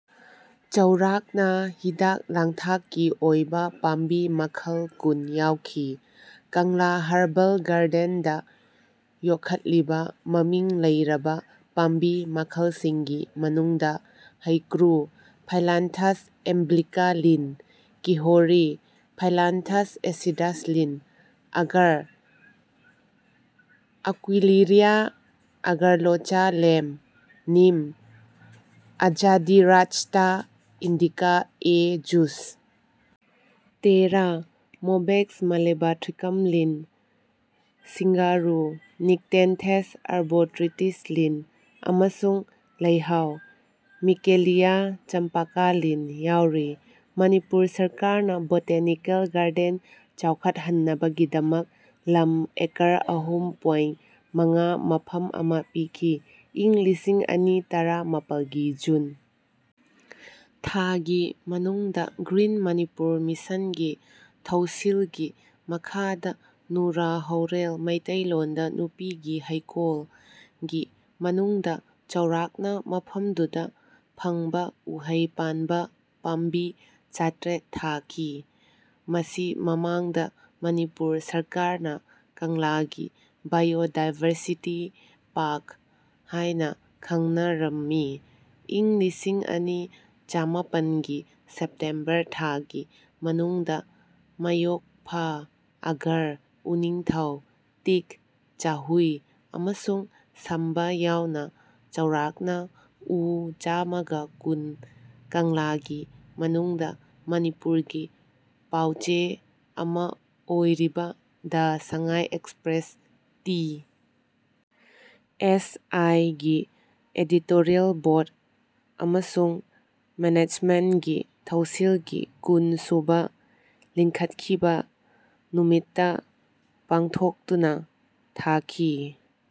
ꯆꯥꯎꯔꯥꯛꯅ ꯍꯤꯗꯥꯛ-ꯂꯥꯡꯊꯛꯀꯤ ꯑꯣꯏꯕ ꯄꯥꯝꯕꯤ ꯃꯈꯜ ꯀꯨꯟ ꯌꯥꯎꯈꯤ)꯫ ꯀꯪꯂꯥ ꯍꯔꯕꯜ ꯒꯥꯔꯗꯦꯟꯗ ꯌꯣꯛꯈꯠꯂꯤꯕ ꯃꯃꯤꯡ ꯂꯩꯔꯕ ꯄꯥꯝꯕꯤ ꯃꯈꯜꯁꯤꯡꯒꯤ ꯃꯅꯨꯡꯗ "ꯍꯩꯀ꯭ꯔꯨ" (ꯐꯥꯏꯂꯟꯊꯁ ꯑꯦꯝꯕ꯭ꯂꯤꯀꯥ ꯂꯤꯟ) "ꯀꯤꯍꯣꯔꯤ" (ꯐꯥꯏꯂꯟꯊꯁ ꯑꯦꯁꯤꯗꯁ ꯂꯤꯟ), "ꯑꯒꯔ" (ꯑꯦꯀ꯭ꯋꯤꯂꯦꯔꯤꯌꯥ ꯑꯒꯥꯂꯣꯆꯥ ꯂꯦꯝ꯭ꯄ), "neem" (Azadirachta indica A Juss), "ꯇꯦꯔꯥ" (ꯃꯣꯕꯦꯛ꯭ꯁ ꯃꯂꯦꯕꯥꯊ꯭ꯔꯤꯀꯝ ꯂꯤꯟ), "ꯁꯤꯡꯒꯥꯔꯨ" (ꯅꯤꯛꯇꯦꯟꯊꯦꯁ ꯑꯥꯔꯕꯣꯇ꯭ꯔꯤꯁꯇꯤꯁ ꯂꯤꯟ), ꯑꯃꯁꯨꯡ "ꯂꯩꯍꯥꯎ" (ꯃꯤꯀꯦꯂꯤꯌꯥ ꯆꯝꯄꯥꯀꯥ ꯂꯤꯟ) ꯌꯥꯎꯔꯤ꯫ ꯃꯅꯤꯄꯨꯔ ꯁꯔꯀꯥꯔꯅ ꯕꯣꯇꯥꯅꯤꯀꯦꯜ ꯒꯥꯔꯗꯦꯟ ꯆꯥꯎꯈꯠꯍꯟꯅꯕꯒꯤꯗꯃꯛ ꯂꯝ ꯑꯦꯀꯔ ꯑꯍꯨꯝ ꯄꯣꯏꯟ ꯃꯉꯥ ꯃꯐꯝ ꯑꯃ ꯄꯤꯈꯤ꯫ ꯏꯪ ꯂꯤꯁꯤꯡ ꯑꯅꯤ ꯇꯔꯥꯃꯥꯄꯜ ꯒꯤ ꯖꯨꯟ ꯊꯥꯒꯤ ꯃꯅꯨꯡꯗ ꯒ꯭ꯔꯤꯟ ꯃꯅꯤꯄꯨꯔ ꯃꯤꯁꯟꯒꯤ ꯊꯧꯁꯤꯜꯒꯤ ꯃꯈꯥꯗ ꯅꯨꯔꯥ ꯍꯧꯔꯦꯜ (ꯃꯩꯇꯩ ꯂꯣꯟꯗ "ꯅꯨꯄꯤꯒꯤ ꯍꯩꯀꯣꯜ") ꯒꯤ ꯃꯅꯨꯡꯗ ꯆꯥꯎꯔꯥꯛꯅ ꯃꯐꯝꯗꯨꯗ ꯐꯪꯕ ꯎꯍꯩ ꯄꯥꯟꯕ ꯄꯥꯝꯕꯤ ꯆꯥꯇ꯭ꯔꯦꯠ ꯊꯥꯈꯤ, ꯃꯁꯤ ꯃꯃꯥꯡꯗ ꯃꯅꯤꯄꯨꯔ ꯁꯔꯀꯥꯔꯅ ꯀꯪꯂꯥꯒꯤ "ꯕꯥꯌꯣꯗꯥꯏꯚꯔꯁꯤꯇꯤ ꯄꯥꯔ꯭ꯛ" ꯍꯥꯏꯅ ꯈꯡꯅꯔꯝꯃꯤ꯫ ꯏꯪ ꯂꯤꯁꯤꯡ ꯑꯅꯤ ꯆꯃꯥꯄꯟ ꯒꯤ ꯁꯦꯞꯇꯦꯝꯕꯔ ꯊꯥꯒꯤ ꯃꯅꯨꯡꯗ ꯃꯌꯣꯛꯐꯥ, ꯑꯒꯔ, ꯎꯅꯤꯡꯊꯧ, ꯇꯤꯛ, ꯆꯥꯍꯨꯏ ꯑꯃꯁꯨꯡ ꯁꯥꯝꯕꯥ ꯌꯥꯎꯅ ꯆꯥꯎꯔꯥꯛꯅ ꯎ ꯆꯥꯃꯒ ꯀꯨꯟ ꯀꯪꯂꯥꯒꯤ ꯃꯅꯨꯡꯗ ꯃꯅꯤꯄꯨꯔꯒꯤ ꯄꯥꯎꯆꯦ ꯑꯃ ꯑꯣꯏꯔꯤꯕ "ꯗ ꯁꯪꯉꯥꯏ ꯑꯦꯛ꯭ꯁꯄ꯭ꯔꯦꯁ" (ꯇꯤ. ꯑꯦꯁ. ꯑꯥꯏ.) ꯒꯤ ꯏꯗꯤꯇꯣꯔꯤꯌꯦꯜ ꯕꯣꯔ꯭ꯗ ꯑꯃꯁꯨꯡ ꯃꯦꯅꯦꯖꯃꯦꯟ꯭ꯇꯒꯤ ꯊꯧꯁꯤꯜꯒꯤ ꯀꯨꯟ ꯁꯨꯕ ꯂꯤꯡꯈꯠꯈꯤꯕ ꯅꯨꯃꯤꯠꯇ ꯄꯥꯡꯊꯣꯛꯇꯨꯅ ꯊꯥꯈꯤ꯫